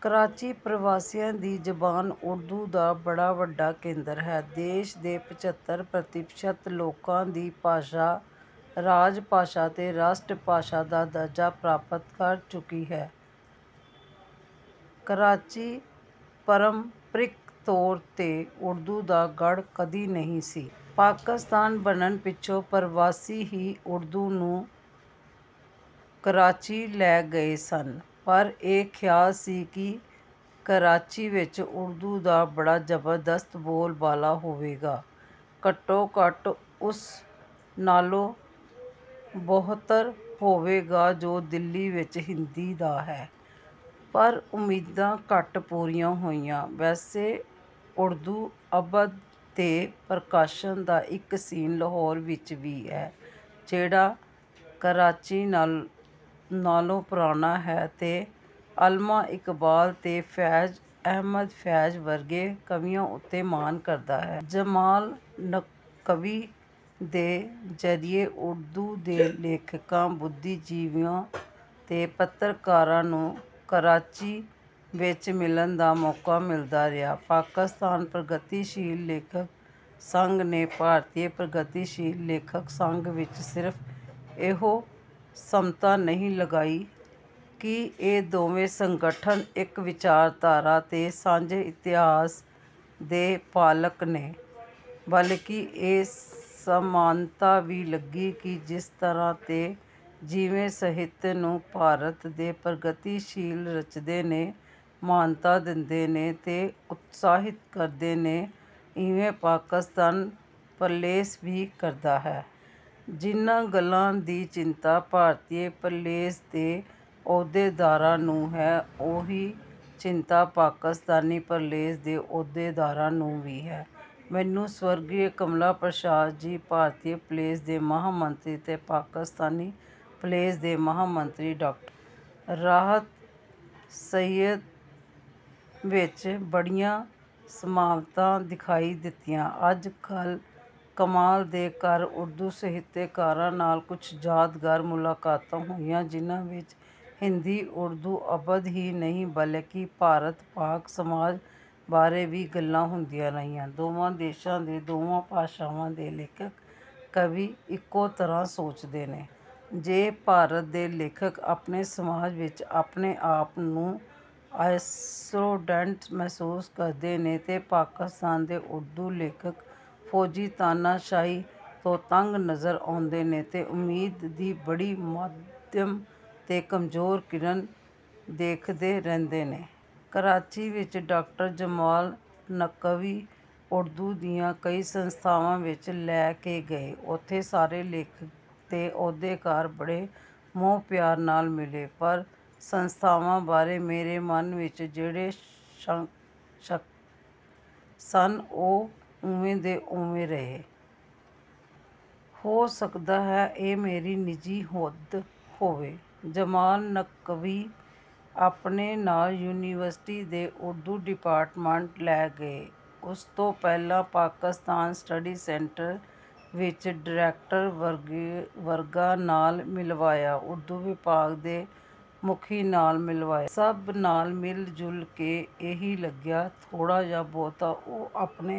ਕਰਾਚੀ ਪਰਵਾਸੀਆਂ ਦੀ ਜ਼ਬਾਨ ਉਰਦੂ ਦਾ ਬੜਾ ਵੱਡਾ ਕੇਂਦਰ ਹੈ। ਦੇਸ਼ ਦੇ ਪਚੱਤਰ ਪ੍ਰਤੀਸ਼ਤ ਲੋਕਾਂ ਦੀ ਭਾਸ਼ਾ ਰਾਜਭਾਸ਼ਾ ਤੇ ਰਾਸ਼ਟਰੀ ਭਾਸ਼ਾ ਦਾ ਦਰਜਾ ਪ੍ਰਾਪਤ ਕਰ ਚੁੱਕੀ ਹੈ। ਕਰਾਚੀ ਪਰੰਪਰਿਕ ਤੌਰ ਤੇ ਉਰਦੂ ਦਾ ਗੜ੍ਹ ਕਦੀ ਨਹੀਂ ਸੀ। ਪਾਕਿਸਤਾਨ ਬਣਨ ਪਿੱਛੋਂ ਪਰਵਾਸੀ ਹੀ ਉਰਦੂ ਨੂੰ ਕਰਾਚੀ ਲੈ ਗਏ ਸਨ। ਮੇਰਾ ਇਹ ਖ਼ਿਆਲ ਸੀ ਕਿ ਕਰਾਚੀ ਵਿਚ ਉਰਦੂ ਦਾ ਬੜਾ ਜ਼ਬਰਦਸਤ ਬੋਲਬਾਲਾ ਹੋਵੇਗਾ, ਘੱਟੋ-ਘੱਟ ਉਸ ਨਾਲੋਂ ਬਿਹਤਰ ਹੋਵੇਗਾ ਜੋ ਦਿੱਲੀ ਵਿਚ ਹਿੰਦੀ ਦਾ ਹੈ। ਪਰ ਉਮੀਦਾਂ ਘੱਟ ਪੂਰੀਆਂ ਹੋਈਆਂ। ਵੈਸੇ ਉਰਦੂ ਅਦਬ ਤੇ ਪ੍ਰਕਾਸ਼ਨ ਦਾ ਇਕ 'ਸੀਨ' ਲਾਹੌਰ ਵਿਚ ਵੀ ਹੈ, ਜਿਹੜਾ ਕਰਾਚੀ ਨਾਲੋਂ ਪੁਰਾਣਾ ਹੈ ਤੇ ਅੱਲਾਮਾ ਇਕਬਾਲ ਤੇ ਫ਼ੈਜ਼ ਅਹਿਮਦ 'ਫ਼ੈਜ਼' ਵਰਗੇ ਕਵੀਆਂ ਉੱਤੇ ਮਾਣ ਕਰਦਾ ਹੈ। ਜਮਾਲ ਨਕਵੀ ਦੇ ਜ਼ਰੀਏ ਉਰਦੂ ਦੇ ਲੇਖਕਾਂ, ਬੁੱਧੀਜੀਵੀਆਂ ਤੇ ਪੱਤਰਕਾਰਾਂ ਨੂੰ ਕਰਾਚੀ ਵਿਚ ਮਿਲਣ ਦਾ ਮੌਕਾ ਮਿਲਦਾ ਰਿਹਾ। ਪਾਕਿਸਤਾਨ ਪ੍ਰਗਤੀਸ਼ੀਲ ਲੇਖਕ ਸੰਘ ਤੇ ਭਾਰਤੀ ਪ੍ਰਗਤੀਸ਼ੀਲ ਲੇਖਕ ਸੰਘ ਵਿਚ ਸਿਰਫ਼ ਇਹੋ ਸਮਤਾ ਨਹੀਂ ਲੱਗੀ ਕਿ ਇਹ ਦੋਵੇਂ ਸੰਗਠਨ ਇਕ ਵਿਚਾਰਧਾਰਾ ਤੇ ਸਾਂਝੇ ਇਤਿਹਾਸ ਦੇ ਪਾਲਕ ਨੇ, ਬਲਕਿ ਇਹ ਸਮਾਨਤਾ ਵੀ ਲੱਗੀ ਕਿ ਜਿਸ ਤਰ੍ਹਾਂ ਤੇ ਜਿਵੇਂ ਸਾਹਿਤ ਨੂੰ ਭਾਰਤ ਦੇ ਪ੍ਰਗਤੀਸ਼ੀਲ ਰਚਦੇ ਨੇ, ਮਾਨਤਾ ਦੇਂਦੇ ਨੇ ਤੇ ਉਤਸਾਹਿਤ ਕਰਦੇ ਨੇ, ਓਵੇਂ ਪਾਕਿਸਤਾਨ 'ਪ੍ਰਲੇਸ' ਵੀ ਕਰਦਾ ਹੈ। ਜਿਨ੍ਹਾਂ ਗੱਲਾਂ ਦੀ ਚਿੰਤਾ ਭਾਰਤੀ 'ਪ੍ਰਲੇਸ' ਦੇ ਅਹੁਦੇਦਾਰਾਂ ਨੂੰ ਹੈ, ਉਹੀ ਚਿੰਤਾ ਪਾਕਿਸਤਾਨੀ ਪ੍ਰਲੇਸ ਦੇ ਅਹੁਦੇਦਾਰਾਂ ਨੂੰ ਵੀ ਹੈ। ਮੈਨੂੰ ਸਵਰਗੀ ਕਮਲਾ ਪਰਸਾਦ ਜੀ, ਭਾਰਤੀ ਪ੍ਰਲੇਸ ਦੇ ਮਹਾਮੰਤਰੀ, ਤੇ ਪਾਕਿਸਤਾਨੀ ਪ੍ਰਲੇਸ ਦੇ ਮਹਾਮੰਤਰੀ ਡਾ. ਰਾਹਤ ਸਈਦ ਵਿਚ ਬੜੀਆਂ ਸਮਤਾਵਾਂ ਦਿਖਾਈ ਦਿੱਤੀਆਂ। ਅਜਮਲ ਕਮਾਲ ਦੇ ਘਰ ਉਰਦੂ ਸਾਹਿਤਕਾਰਾਂ ਨਾਲ ਕੁਝ ਯਾਦਗਾਰ ਮੁਲਾਕਾਤਾਂ ਹੋਈਆਂ, ਜਿਨ੍ਹਾਂ ਵਿਚ ਹਿੰਦੀ-ਉਰਦੂ ਅਦਬ ਹੀ ਨਹੀਂ, ਬਲਕਿ ਭਾਰਤ-ਪਾਕ ਸਮਾਜ ਬਾਰੇ ਵੀ ਗੱਲਾਂ ਹੁੰਦੀਆਂ ਰਹੀਆਂ। ਦੋਵਾਂ ਦੇਸ਼ਾਂ ਤੇ ਦੋਵਾਂ ਭਾਸ਼ਾਵਾਂ ਦੇ ਲੇਖਕ, ਕਵੀ ਇਕੋ ਤਰ੍ਹਾਂ ਸੋਚਦੇ ਨੇ। ਜੇ ਭਾਰਤ ਦੇ ਲੇਖਕ ਆਪਣੇ ਸਮਾਜ ਵਿਚ ਆਪਣੇ ਆਪ ਨੂੰ 'ਆਈਸੋਲੇਟੇਡ' ਮਹਿਸੂਸ ਕਰਦੇ ਨੇ ਤਾਂ ਪਾਕਿਸਤਾਨ ਦੇ ਉਰਦੂ ਲੇਖਕ ਫੌਜੀ ਤਾਨਾਸ਼ਾਹੀ ਤੋਂ ਤੰਗ ਨਜ਼ਰ ਆਉਂਦੇ ਨੇ ਤੇ ਉਮੀਦ ਦੀ ਬੜੀ ਮੱਧਮ ਤੇ ਕਮਜ਼ੋਰ ਕਿਰਨ ਦੇਖਦੇ ਰਹਿੰਦੇ ਨੇ। ਕਰਾਚੀ ਵਿਚ ਡਾ. ਜਮਾਲ ਨਕਵੀ ਉਰਦੂ ਦੀਆਂ ਕਈ ਸੰਸਥਾਵਾਂ ਵਿਚ ਲੈ ਕੇ ਗਏ। ਉੱਥੇ ਸਾਰੇ ਲੇਖਕ ਤੇ ਅਹੁਦੇਦਾਰ ਬੜੇ ਮੋਹ-ਪਿਆਰ ਨਾਲ ਮਿਲੇ, ਪਰ ਸੰਸਥਾਵਾਂ ਬਾਰੇ ਮੇਰੇ ਮਨ ਵਿਚ ਜਿਹੜੇ ਸ਼ੰਕੇ ਸਨ, ਉਹ ਓਵੇਂ ਦੇ ਓਵੇਂ ਹੀ ਰਹੇ। ਹੋ ਸਕਦਾ ਹੈ ਇਹ ਮੇਰੀ ਨਿੱਜੀ ਹੱਦ ਹੋਵੇ। ਜਮਾਲ ਨਕਵੀ ਆਪਣੇ ਨਾਲ ਯੂਨੀਵਰਸਿਟੀ ਦੇ ਉਰਦੂ ਡਿਪਾਰਟਮੈਂਟ ਲੈ ਗਏ। ਉਸ ਤੋਂ ਪਹਿਲਾਂ ਪਾਕਿਸਤਾਨ ਸਟੱਡੀ ਸੈਂਟਰ ਵਿਚ ਡਾਇਰੈਕਟਰ ਵਗੈਰਾ ਨਾਲ ਮਿਲਵਾਇਆ। ਉਰਦੂ ਵਿਭਾਗ ਦੇ ਮੁਖੀ ਨਾਲ ਮਿਲਵਾਇਆ। ਸਭ ਨਾਲ ਮਿਲ-ਜੁਲ ਕੇ ਇਹੀ ਲੱਗਿਆ, ਥੋੜ੍ਹਾ ਜਾਂ ਬਹੁਤਾ ਉਹੀ ਆਪਣੇ...